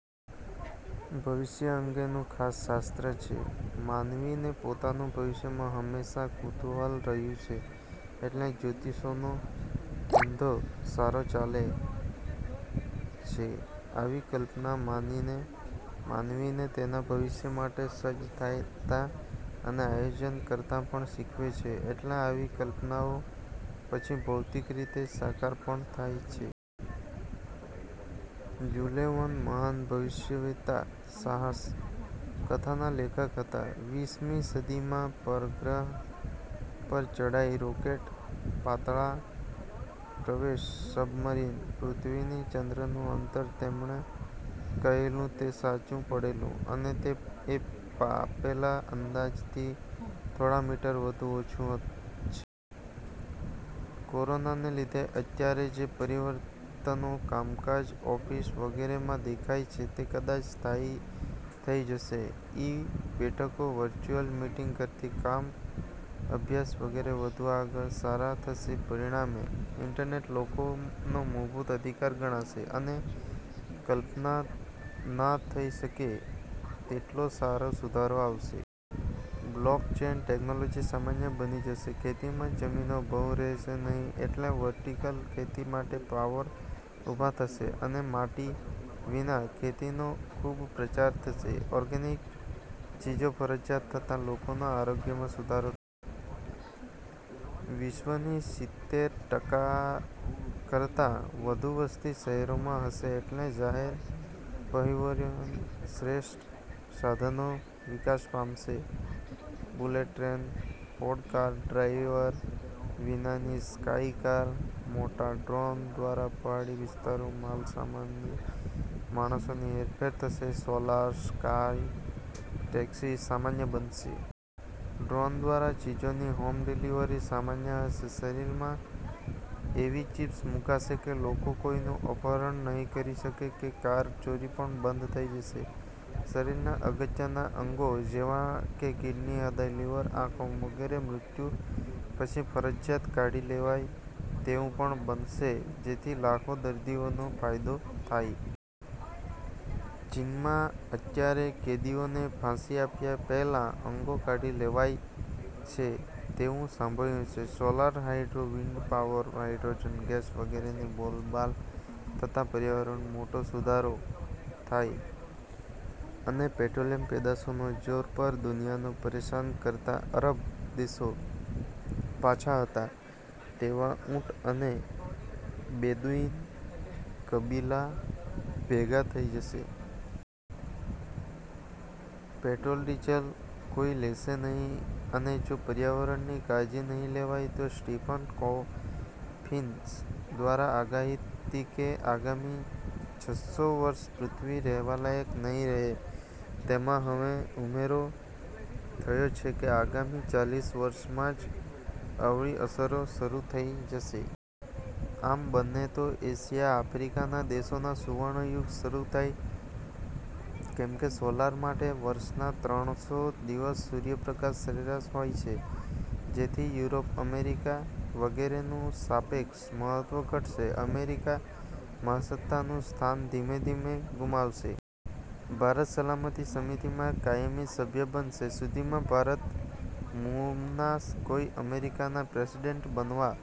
ભવિષ્ય અંગેનું ખાસ શાસ્ત્ર છે. માનવીને પોતાના ભવિષ્યમાં હંમેશા કુતૂહલ રહ્યું છે એટલે જ્યોતિષીઓનો ધંધો સારો ચાલે છે. આવી કલ્પના માનવીને માનવીને તેના ભવિષ્ય માટે સજ્જ થતાં અને આયોજન કરતા પણ શીખવે છે. એટલે આવી કલ્પનાઓ પછી ભૌતિક રીતે સાકાર પણ થાય છે. જૂલે વર્ન મહાન ભવિષ્યવેત્તા સાહસ કથાના લેખક હતા. વીસ મી સદીમાં પરગ્રહો પર ચડાઈ, રોકેટ, પાતળા પ્રવેશ, સબમરીન, પૃથ્વીથી ચંદ્રનું અંતર તેમણે કહેલું તે સાચું પડેલું અને તે એ આપેલા અંદાઝ થી થોડા મીટર વધુ ઓછું છે. કોરોનાને લીધે અત્યારે જે પરિવર્તનો કામકાજ, ઓફિસ, વગેરે માં દેખાય છે તે કદાચ સ્થાયી થઈ જશે. ઇ-બેઠકો, વર્ચુઅલ મીટીંગ, ઘરથી કામ, અભ્યાસ વગેરે વધુ આગળ અને સારા થશે. પરિણામે, ઈન્ટરનેટ લોકોનો મૂળભૂત અધિકાર ગણાશે અને કલ્પના ના થઈ શકે તેટલો સારો સુધારો આવશે. બ્લોક ચેઈન ટેકનોલોજી સામાન્ય બની જશે. ખેતીમાં જમીનો બહુ રહેશે નહિ એટલે વર્ટીકલ ખેતી માટે ટાવર ઊભા થશે અને માટી વિના ખેતી નો ખુબ પ્રચાર થશે. ઓર્ગેનિક ચીજો ફરજિયાત થતાં લોકોના આરોગ્યમાં સુધારો વિશ્વની સિત્તેર ટકાકરતા વધુ વસ્તી શહેરોમાં હશે એટલે જાહેર પરિવહન શ્રેષ્ઠ સાધનો વિકાસ પામશે., bullet train, pod car, driver વિનાની સ્કાય કાર, મોટા ડ્રોન દ્વારા પહાડી વિસ્તારોમાં માલસામાનની, માણસોની હેરફેર થશે. સોલાર સ્કાય ટેક્સી સામાન્ય બનશે. ડ્રોન દ્વારા ચીજોની હોમ ડિલિવરી સામાન્ય હશે. શરીરમાં એવી ચિપ્સ મુકાશે કે લોકો કોઈનું અપહરણ નહિ કરી શકે, કે કાર ચોરી પણ બંધ થઈ જશે. શરીરના અગત્યના અંગો જેવા કે કિડની, હ્રદય, લિવર, આંખો વગેરે મૃત્યુ પછી ફરજિયાત કાઢી લેવાય તેવુ પણ બનશે જેથી લાખો દર્દીઓને ફાયદો થાય. ચીનમાં અત્યારે કેદીઓને ફાંસી આપ્યા પહેલા અંગો કાઢી લેવાય છે તેવું સાંભળ્યું છે. Solar, hydro, wind power, hydrogen gas વગેરે ની બોલબાલ થતા પર્યાવરણ મોટો સુધારો થાય અને પેટ્રોલિયમ પેદાશોના જોર પર દુનિયાને પરેશાન કરતા અરબ દેશો પાછા હતા તેવા ઊંટ અને બેદુઈન કબીલા ભેગા થઈ જશે. પેટ્રોલ, ડીઝલ કોઈ લેશે નહિ અને જો પર્યાવરણ ની કાળજી નહિ લેવાય તો સ્ટીફન કોફીન્સ દ્વારા આગાહી હતી કે આગામી છસો વર્ષ પૃથ્વી રહેવાલાયક નહિ રહે તેમાં હવે ઉમેરો થયો છે કે આગામી ચાલીસ વર્ષમાં જ અવળી અસરો શરૂ થઈ જશે. આમ બને તો એશિયા, આફ્રિકાના દેશોનો સુવર્ણ યુગ શરૂ થાય, કેમકે સોલર માટે વર્ષના ત્રણસો દિવસ સૂર્ય પ્રકાશ સરેરાશ હોય છે, જેથી યુરોપ, અમેરિકા વગેરે નું સાપેક્ષ મહત્વ ઘટશે. અમેરિકા મહાસત્તાનું સ્થાન ધીમે ધીમે ગુમાવશે. ભારત સલામતી સમિતિમાં કાયમી સભ્ય બનશે. સુધીમાં ભારત મૂમના કોઈ અમેરિકાના પ્રેસિડેન્ટ બનવા